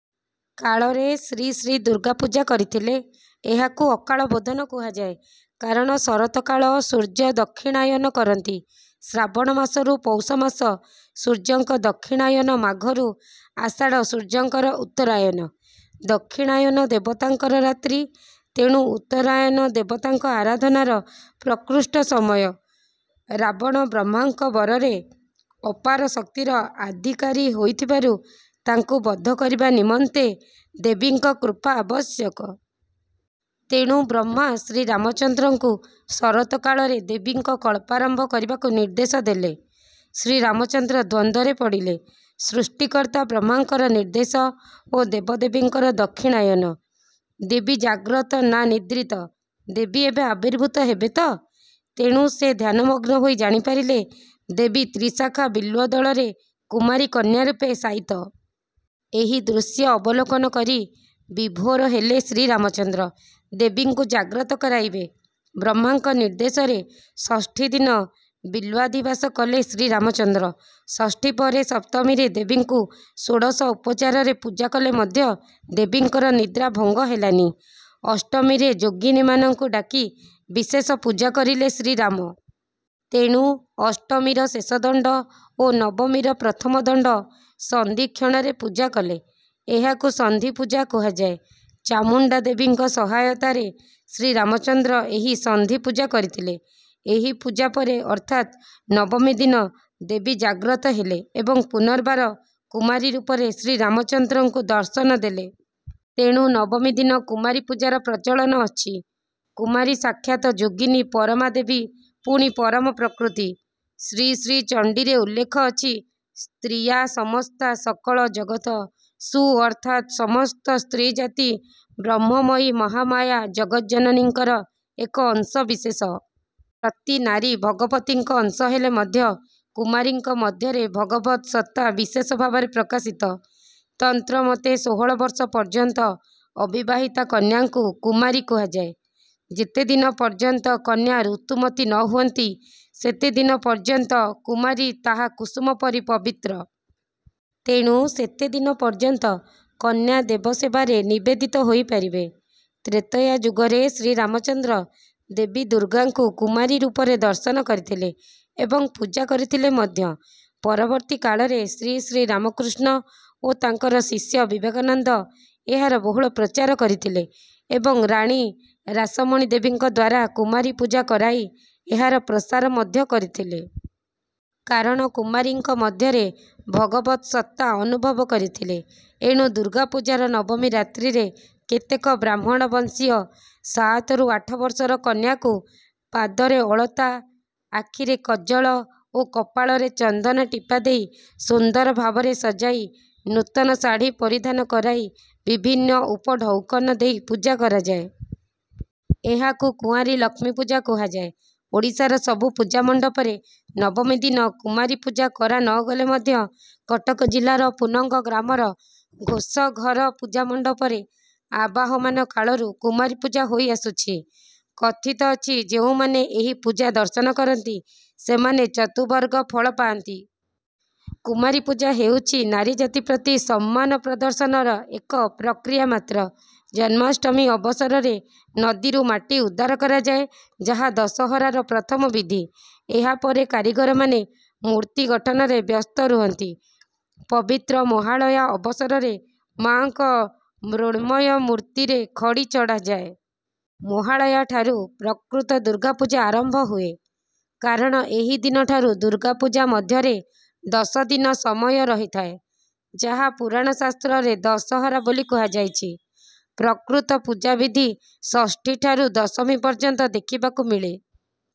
କାଳରେ ଶ୍ରୀ ଶ୍ରୀ ଦୁର୍ଗାପୂଜା କରିଥିଲେ। ଏହାକୁ ଅକାଳବୋଧନ କୁହାଯାଏ। କାରଣ ଶରତକାଳ ସୂର୍ଯ୍ୟ ଦକ୍ଷିଣାୟନ କରନ୍ତି। ଶ୍ରାବଣ ମାସରୁ ପୌଷମାସ ସୂର୍ଯ୍ୟଙ୍କ ଦକ୍ଷିଣାୟନ ମାଘରୁ ଆଷାଢ଼ ସୂର୍ଯ୍ୟଙ୍କର ଉତ୍ତରାୟନ। ଦକ୍ଷିଣାୟନ ଦେବତାଙ୍କର ରାତ୍ରି। ତେଣୁ ଉତ୍ତରାୟନ ଦେବତାଙ୍କ ଆରାଧନାର ପ୍ରକୃଷ୍ଟ ସମୟ। ରାବଣ ବ୍ରହ୍ମାଙ୍କ ବରରେ ଅପାରଶକ୍ତିର ଆଧିକାରୀ ହୋଇଥିବାରୁ ତାଙ୍କୁ ବଧ କରିବା ନିମନ୍ତେ ଦେବୀଙ୍କ କୃପା ଆବଶ୍ୟକ। ତେଣୁ ବ୍ରହ୍ମା ଶ୍ରୀରାମଚନ୍ଦ୍ରଙ୍କୁ ଶରତ କାଳରେ ଦେବୀଙ୍କ କଳ୍ପାରମ୍ଭ କରିବାକୁ ନିର୍ଦ୍ଦେଶ ଦେଲେ। ଶ୍ରୀରାମଚନ୍ଦ୍ର ଦ୍ୱନ୍ଦ୍ୱରେ ପଡ଼ିଲେ। ସୃଷ୍ଟିକର୍ତ୍ତା ବ୍ରହ୍ମାଙ୍କର ନିର୍ଦ୍ଦେଶ ଓ ଦେବଦେବୀଙ୍କର ଦକ୍ଷିଣାୟନ। ଦେବୀ ଜାଗ୍ରତ ନା ନିଦ୍ରିତ? ଦେବୀ ଏବେ ଆବିର୍ଭୂତ ହେବେ ତ? ତେଣୁ ସେ ଧ୍ୟାନମଗ୍ନ ହୋଇ ଜାଣିପାରିଲେ ଦେବୀ ତ୍ରିଶାଖା ବିଲ୍ୱଦଳରେ କୁମାରୀ କନ୍ୟା ରୂପେ ଶାୟିତ। ଏହି ଦୃଶ୍ୟ ଅବଲୋକନ କରି ବିଭୋର ହେଲେ ଶ୍ରୀରାମଚନ୍ଦ୍ର। ଦେବୀଙ୍କୁ ଜାଗ୍ରତ କରାଇବେ। ବ୍ରହ୍ମାଙ୍କ ନିର୍ଦ୍ଦେଶରେ ଷଷ୍ଠୀଦିନ ବିଲ୍ୱାଧିବାସ କଲେ ଶ୍ରୀରାମଚନ୍ଦ୍ର। ଷଷ୍ଠୀପରେ ସପ୍ତମୀରେ ଦେବୀଙ୍କୁ ଷୋଡ଼ଶ ଉପଚାରରେ ପୂଜା କଲେ ମଧ୍ୟ ଦେବୀଙ୍କର ନିଦ୍ରାଭଙ୍ଗ ହେଲାନି। ଅଷ୍ଟମୀରେ ଯୋଗିନୀମାନଙ୍କୁ ଡାକି ବିଶେଷ ପୂଜାକରିଲେ ଶ୍ରୀରାମ। ତେଣୁ ଅଷ୍ଟମୀର ଶେଷ ଦଣ୍ଡ ଓ ନବମୀର ପ୍ରଥମ ଦଣ୍ଡ ସନ୍ଧିକ୍ଷଣରେ ପୂଜା କଲେ। ଏହାକୁ ସନ୍ଧିପୂଜା କୁହାଯାଏ। ଚାମୁଣ୍ଡା ଦେବୀଙ୍କ ସହାୟତାରେ ଶ୍ରୀରାମଚନ୍ଦ୍ର ଏହି ସନ୍ଧିପୂଜା କରିଥିଲେ। ଏହି ପୂଜା ପରେ ଅର୍ଥାତ୍ ନବମୀ ଦିନ ଦେବୀ ଜାଗ୍ରତ ହେଲେ ଏବଂ ପୁନର୍ବାର କୁମାରୀ ରୂପରେ ଶ୍ରୀରାମଚନ୍ଦ୍ରଙ୍କୁ ଦର୍ଶନ ଦେଲେ। ତେଣୁ ନବମୀ ଦିନ କୁମାରୀ ପୂଜାର ପ୍ରଚଳନ ଅଛି। କୁମାରୀ ସାକ୍ଷାତ ଯୋଗିନୀ ପରମାଦେବୀ ପୁଣି ପରମପ୍ରକୃତି। ଶ୍ରୀ ଶ୍ରୀ ଚଣ୍ଡୀରେ ଉଲ୍ଲେଖ ଅଛି ସ୍ତ୍ରୀୟା ସମସ୍ତା ସକଳ ଜଗତ ସୁ ଅର୍ଥାତ୍ ସମସ୍ତ ସ୍ତ୍ରୀ ଜାତି ବ୍ରହ୍ମମୟୀ ମହାମାୟା ଜଗଜ୍ଜନନୀଙ୍କର ଏକ ଅଂଶ ବିଶେଷ। ପ୍ରତି ନାରୀ ଭଗବତୀଙ୍କ ଅଂଶ ହେଲେ ମଧ୍ୟ କୁମାରୀଙ୍କ ମଧ୍ୟରେ ଭଗବତ୍ ସତ୍ତା ବିଶେଷ ଭାବରେ ପ୍ରକାଶିତ। ତନ୍ତ୍ରମତେ ଷୋହଳ ବର୍ଷ ପର୍ଯ୍ୟନ୍ତ ଅବିବାହିତା କନ୍ୟାଙ୍କୁ କୁମାରୀ କୁହାଯାଏ। ଯେତେଦିନ ପର୍ଯ୍ୟନ୍ତ କନ୍ୟା ଋତୁମତୀ ନ ହୁଅନ୍ତି ସେତେଦିନ ପର୍ଯ୍ୟନ୍ତ କୁମାରୀ ତାହା କୁସୁମପରି ପବିତ୍ର। ତେଣୁ ସେତେଦିନ ପର୍ଯ୍ୟନ୍ତ କନ୍ୟା ଦେବସେବାରେ ନିବେଦିତ ହୋଇପାରିବେ। ତ୍ରେତୟା ଯୁଗରେ ଶ୍ରୀରାମଚନ୍ଦ୍ର ଦେବୀ ଦୁର୍ଗାଙ୍କୁ କୁମାରୀ ରୂପରେ ଦର୍ଶନ କରିଥିଲେ ଏବଂ ପୂଜା କରିଥିଲେ ମଧ୍ୟ ପରବର୍ତ୍ତୀକାଳରେ ଶ୍ରୀଶ୍ରୀ ରାମକୃଷ୍ଣ ଓ ତାଙ୍କର ଶିଷ୍ୟ ବିବେକାନନ୍ଦ ଏହାର ବହୁଳ ପ୍ରଚାର କରିଥିଲେ ଏବଂ ରାଣୀ ରାସମଣୀ ଦେବୀଙ୍କଦ୍ୱାରା କୁମାରୀ ପୂଜାକରାଇ ଏହାର ପ୍ରସାର ମଧ୍ୟ କରିଥିଲେ। କାରଣ କୁମାରୀଙ୍କ ମଧ୍ୟରେ ଭଗବତ୍ ସତ୍ତା ଅନୁଭବ କରିଥିଲେ। ଏଣୁ ଦୁର୍ଗାପୂଜାର ନବମୀ ରାତ୍ରିରେ କେତେକ ବ୍ରାହ୍ମଣ ବଂଶୀୟ ସାତରୁ ଆଠ ବର୍ଷର କନ୍ୟାକୁ ପାଦରେ ଅଳତା ଆଖିରେ କଜ୍ଜଳ ଓ କପାଳରେ ଚନ୍ଦନ ଟିପା ଦେଇ ସୁନ୍ଦର ଭାବରେ ସଜାଇ ନୂତନ ଶାଢ଼ି ପରିଧାନ କରାଇ ବିଭିନ୍ନ ଉପଢ଼ୌକନ ଦେଇ ପୂଜା କରାଯାଏ। ଏହାକୁ କୁଆଁରୀ ଲକ୍ଷ୍ମୀ ପୂଜା କୁହାଯାଏ। ଓଡ଼ିଶାର ସବୁ ପୂଜାମଣ୍ଡପରେ ନବମୀ ଦିନ କୁମାରୀ ପୂଜା କରା ନ ଗଲେ ମଧ୍ୟ କଟକ ଜିଲ୍ଲାର ପୁନଙ୍ଗ ଗ୍ରାମର ଘୋଷଘର ପୂଜାମଣ୍ଡପରେ ଆବାହମାନକାଳରୁ କୁମାରୀ ପୂଜା ହୋଇଆସୁଛି। କଥିତ ଅଛି ଯେଉଁମାନେ ଏହି ପୂଜା ଦର୍ଶନ କରନ୍ତି ସେମାନେ ଚତୁବର୍ଗ ଫଳ ପାଆନ୍ତି। କୁମାରୀ ପୂଜା ହେଉଛି ନାରୀଜାତି ପ୍ରତି ସମ୍ମାନ ପ୍ରଦର୍ଶନର ଏକ ପ୍ରକ୍ରିୟା ମାତ୍ର। ଜନ୍ମାଷ୍ଟମୀ ଅବସରରେ ନଦୀରୁ ମାଟି ଉଦ୍ଧାର କରାଯାଏଯାହା ଦଶହରାର ପ୍ରଥମ ବିଧି। ଏହା ପରେ କାରିଗରମାନେ ମୂର୍ତ୍ତି ଗଠନରେ ବ୍ୟସ୍ତ ରୁହନ୍ତି। ପବିତ୍ର ମହାଳୟା ଅବସରରେ ମାଙ୍କ ମୃଣ୍ମୟ ମୂର୍ତ୍ତିରେ ଖଡ଼ି ଚଢାଯାଏ। ମହାଳୟା ଠାରୁ ପ୍ରକୃତ ଦୁର୍ଗାପୂଜା ଆରମ୍ଭ ହୁଏ। କାରଣ ଏହି ଦିନ ଠାରୁ ଦୁର୍ଗାପୂଜା ମଧ୍ୟରେ ଦଶ ଦିନ ସମୟ ରହିଥାଏ ଯାହା ପୁରାଣ ଶାସ୍ତ୍ରରେ ଦଶହରା ବୋଲି କୁହାଯାଇଛି। ପ୍ରକୃତ ପୂଜାବିଧି ଷଷ୍ଠୀ ଠାରୁ ଦଶମୀ ପର୍ଯ୍ୟନ୍ତ ଦେଖିବାକୁ ମିଳେ।